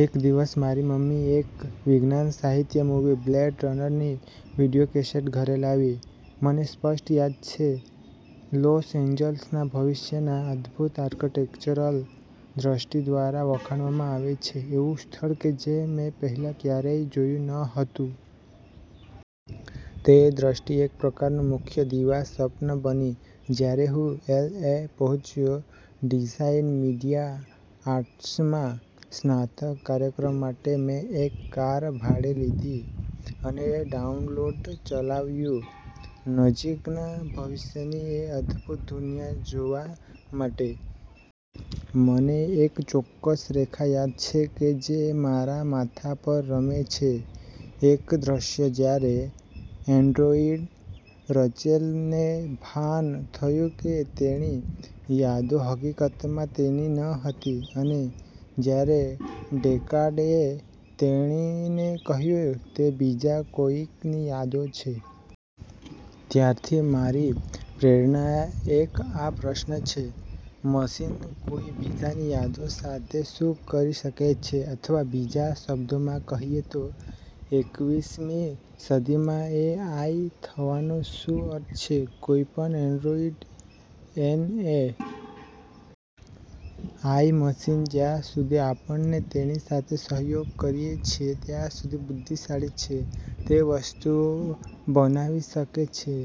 એક દીવસ, મારી મમ્મી એક વિજ્ઞાન-સાહિત્ય મૂવી "બ્લૅડ રનર" ની વિડિઓકેસેટ ઘરે લાવી. મને સ્પષ્ટ યાદ છે લોસ એન્જલસના ભવિષ્યના અદભૂત આર્કિટેક્ચરલ દ્રષ્ટિ દ્વારા, વખાણવામાં આવે છે, એવું સ્થળ કે જે મેં પહેલાં ક્યારેય જોયું ન હતું. તે દ્રષ્ટિ એક પ્રકારનુ મુખ્ય દિવાસ્વપ્ન બની. જ્યારે હું એલ. એ. પહોચ્યો ડિઝાઇન મીડિયા આર્ટ્સમાં સ્નાતક કાર્યક્રમ માટે, મેં એક કાર ભાડે લીધી અને ડાઉનલોડ ચલાવ્યું નજીકના ભવિષ્યની એ અદભૂત દુનિયા જોવા માટે. મને એક ચોક્કસ રેખા યાદ છે કે જે મારા માથા પર રમે છે: એક દ્રશ્ય જ્યારે એન્ડ્રોઇડ રચેલ ને ભાન થયું કે તેની યાદો હકીકતમાં તેની ન હતી, અને જ્યારે ડેકાર્ડએ તેણીને કહ્યુ તે બીજા કોઈક ની યાદો છે. ત્યારથી, મારી પ્રેરણા એક આ પ્રશ્ન છે. મશીન કોઈ બીજાની યાદો સાથે શું કરી શકે છે? અથવા બીજા શબ્દોમાં કહીએ તો, એકવીસમી સદીમાં એ. આઈ થવાનો શું અર્થ છે? કોઈપણ android an A. I machine જ્યાં સુધી આપણને તેની સાથે સહયોગ કરીએ છીએ ત્યાં સુધી બુદ્ધિશાળી છે. તે વસ્તુઓ બનાવી શકે છે,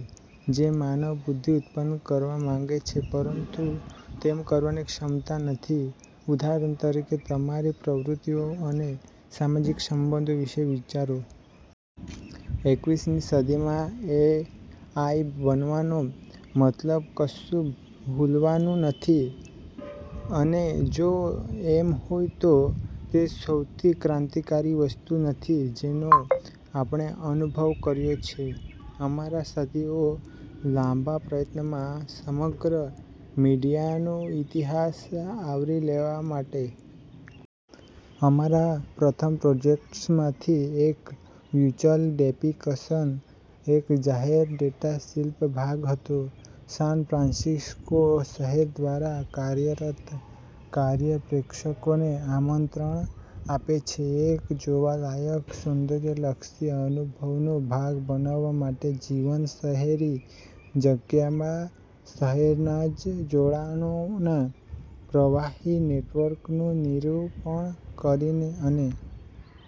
જે માનવ-બુદ્ધિ ઉત્પન્ન કરવા માગે છે પરંતુ તેમ કરવાની ક્ષમતા નથી. ઉદાહરણ તરીકે, તમારી પ્રવૃત્તિઓ અને સામાજિક સબંધો વિષે વિચારો. એકવીસમી સદી માં એ. આઈ બનવાનો મતલબ કશુ ભૂલવાનું નથી? અને, જો એમ હોય તો, તે સૌથી ક્રાંતિકારી વસ્તુ નથી જેનો આપણે અનુભવ કર્યો છે અમારા સદીઓ-લાંબા પ્રયત્નમાં સમગ્ર મીડિયાનો ઇતિહાસ આવરી લેવા માટે? અમારા પ્રથમ પ્રોજેક્ટ્સમાંથી એક, "વ્યુચલ ડેપીકસન", એક જાહેર ડેટા શિલ્પ ભાગ હતો સાન ફ્રાન્સિસ્કો શહેર દ્વારા કાર્યરત. કાર્ય પ્રેક્ષકોને આમંત્રણ આપે છે એક જોવાલાયક સૌંદર્યલક્ષી અનુભવનો ભાગ બનવવા માટે જીવંત શહેરી જગ્યા માં શહેરના જ જોડાણોના પ્રવાહી નેટવર્કનું નિરૂપણ કરીને. અને